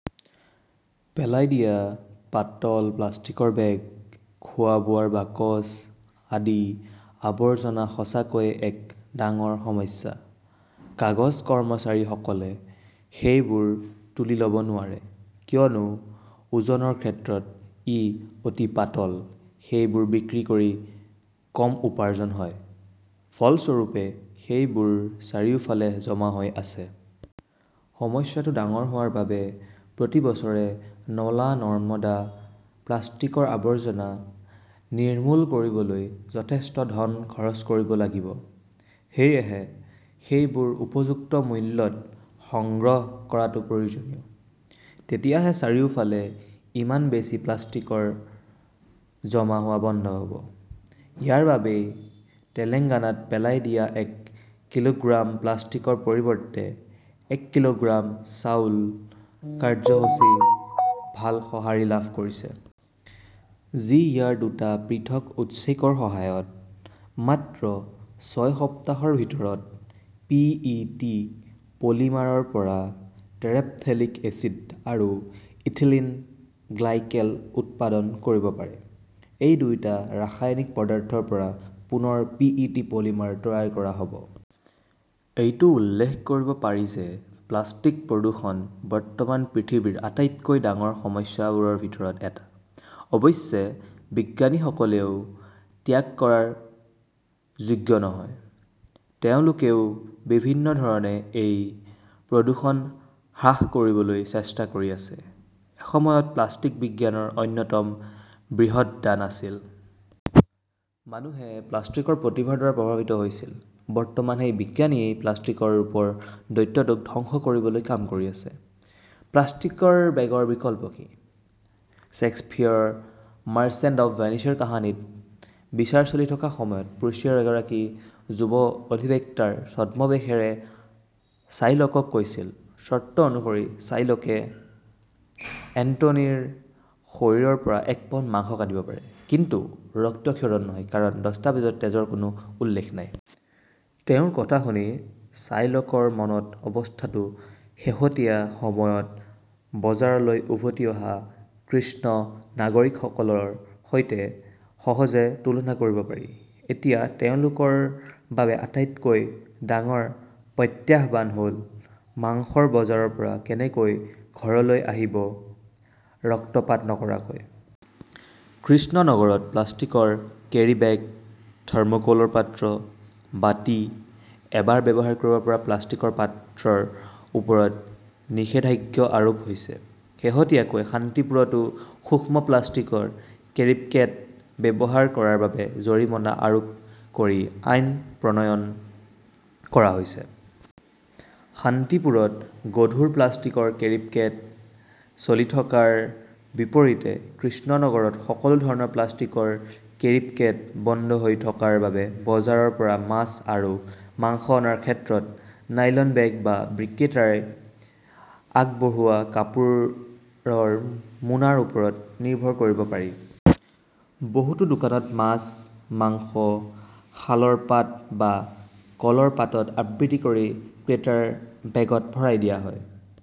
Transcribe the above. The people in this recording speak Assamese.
পেলাই দিয়া পাতল প্লাষ্টিকৰ বেগ, খোৱা-বোৱাৰ বাকচ আদি আৱৰ্জনা সঁচাকৈয়ে এক ডাঙৰ সমস্যা। কাগজ-কৰ্মচাৰীসকলে সেইবোৰ তুলি ল'ব নোৱাৰে, কিয়নো ওজনৰ ক্ষেত্ৰত ই অতি পাতল সেইবোৰ বিক্ৰী কৰি কম উপাৰ্জন হয়। ফলস্বৰূপে সেইবোৰ চাৰিওফালে জমা হৈ আছে। সমস্যাটো ডাঙৰ হোৱাৰ বাবে প্ৰতি বছৰে নলা-নৰ্দমা প্লাষ্টিকৰ আৱৰ্জনা নিৰ্মূল কৰিবলৈ যথেষ্ট ধন খৰচ কৰিব লাগিব, সেয়েহে সেইবোৰ উপযুক্ত মূল্যত সংগ্ৰহ কৰাটো প্ৰয়োজনীয়। তেতিয়াহে চাৰিওফালে ইমান বেছি প্লাষ্টিক জমা হোৱা বন্ধ হ'ব। ইয়াৰ বাবেই তেলেংগানাত পেলাই দিয়া এক কিলোগ্ৰাম প্লাষ্টিকৰ পৰিৱৰ্তে এক কিলোগ্ৰাম চাউল কাৰ্যসূচীয়ে ভাল সঁহাৰি লাভ কৰিছে। যি ইয়াৰ দুটা পৃথক উৎসেচকৰ সহায়ত মাত্ৰ ছয় সপ্তাহৰ ভিতৰত পি. ই. টি. পলিমাৰৰ পৰা টেৰেপথেলিক এচিড আৰু ইথিলিন গ্লাইকেল উৎপাদন কৰিব পাৰে। এই দুয়োটা ৰাসায়নিক পদাৰ্থৰ পৰা পুনৰ পি. ই. টি. পলিমাৰ তৈয়াৰ কৰিব পাৰি। এইটো উল্লেখ কৰিব পাৰি যে প্লাষ্টিক প্ৰদূষণ বৰ্তমান পৃথিৱীৰ আটাইতকৈ ডাঙৰ সমস্যাবোৰৰ ভিতৰত এটা। অৱশ্যে, বিজ্ঞানীসকলেও ত্যাগ কৰাৰ যোগ্য নহয়। তেওঁলোকেও বিভিন্ন ধৰণে এই প্ৰদূষণ হ্ৰাস কৰিবলৈ চেষ্টা কৰি আছে। এসময়ত প্লাষ্টিক বিজ্ঞানৰ অন্যতম বৃহৎ দান আছিল। মানুহে প্লাষ্টিকৰ প্ৰতিভাৰ দ্বাৰা প্ৰভাৱিত হৈছিল। বৰ্তমান সেই বিজ্ঞানেই প্লাষ্টিকৰ ৰূপৰ দৈত্যটোক ধ্বংস কৰিবলৈ কাম কৰি আছে। প্লাষ্টিকৰ বেগৰ বিকল্প কি? শ্বেক্সপীয়াৰৰ মাৰ্চেণ্ট অৱ ভেনিচৰ কাহিনীত বিচাৰ চলি থকাৰ সময়ত পোৰ্চিয়াই এগৰাকী যুৱ অধিবক্তাৰ ছদ্মবেশেৰে শ্বাইলকক কৈছিল, চৰ্ত অনুসৰি শ্বাইলকে এন্টোনিঅৰ শৰীৰৰ পৰা এক পাউণ্ড মাংস কাটিব পাৰে, কিন্তু ৰক্তক্ষৰণ নহয়, কাৰণ দস্তাবেজত তেজৰ কোনো উল্লেখ নাই। তেওঁৰ কথা শুনি শ্বাইলকৰ মনৰ অৱস্থাটো শেহতীয়া সময়ত বজাৰলৈ উভতি অহা কৃষ্ণ নাগৰিকসকলৰ সৈতে সহজে তুলনা কৰিব পাৰি। এতিয়া তেওঁলোকৰ বাবে আটাইতকৈ ডাঙৰ প্ৰত্যাহ্বান হ'ল মাংসৰ বজাৰৰ পৰা কেনেকৈ ঘৰলৈ আহিব ৰক্তপাত নকৰাকৈ। কৃষ্ণনগৰত প্লাষ্টিকৰ কেৰীবেগ, থাৰ্ম কলৰ পাত্ৰ, বাটি, এবাৰ ব্যৱহাৰ কৰিব পৰা প্লাষ্টিকৰ পাত্ৰৰ ওপৰত নিষেধাজ্ঞা আৰোপ কৰা হৈছে। শেহতীয়াকৈ শান্তিপুৰতো সূক্ষ্ম প্লাষ্টিকৰ কেৰিপকেট ব্যৱহাৰ কৰাৰ বাবে জৰিমনা আৰোপ কৰি আইন প্ৰণয়ন কৰা হৈছে। শান্তিপুৰত গধুৰ প্লাষ্টিকৰ কেৰিপকেট চলি থকাৰ বিপৰীতে কৃষ্ণনগৰত সকলো ধৰণৰ প্লাষ্টিকৰ কেৰিপকেট বন্ধ হৈ থকাৰ বাবে বজাৰৰ পৰা মাছ আৰু মাংস অনাৰ ক্ষেত্ৰত নাইলন বেগ বা বিক্ৰেতাই আগবঢ়োৱা কাপোৰৰ মোনাৰ ওপৰত নিৰ্ভৰ কৰিব পাৰি। বহুতো দোকানত মাছ, মাংস শালৰ পাত বা কলৰ পাতত আবৃত কৰি ক্ৰেতাৰ বেগত ভৰাই দিয়া হয়।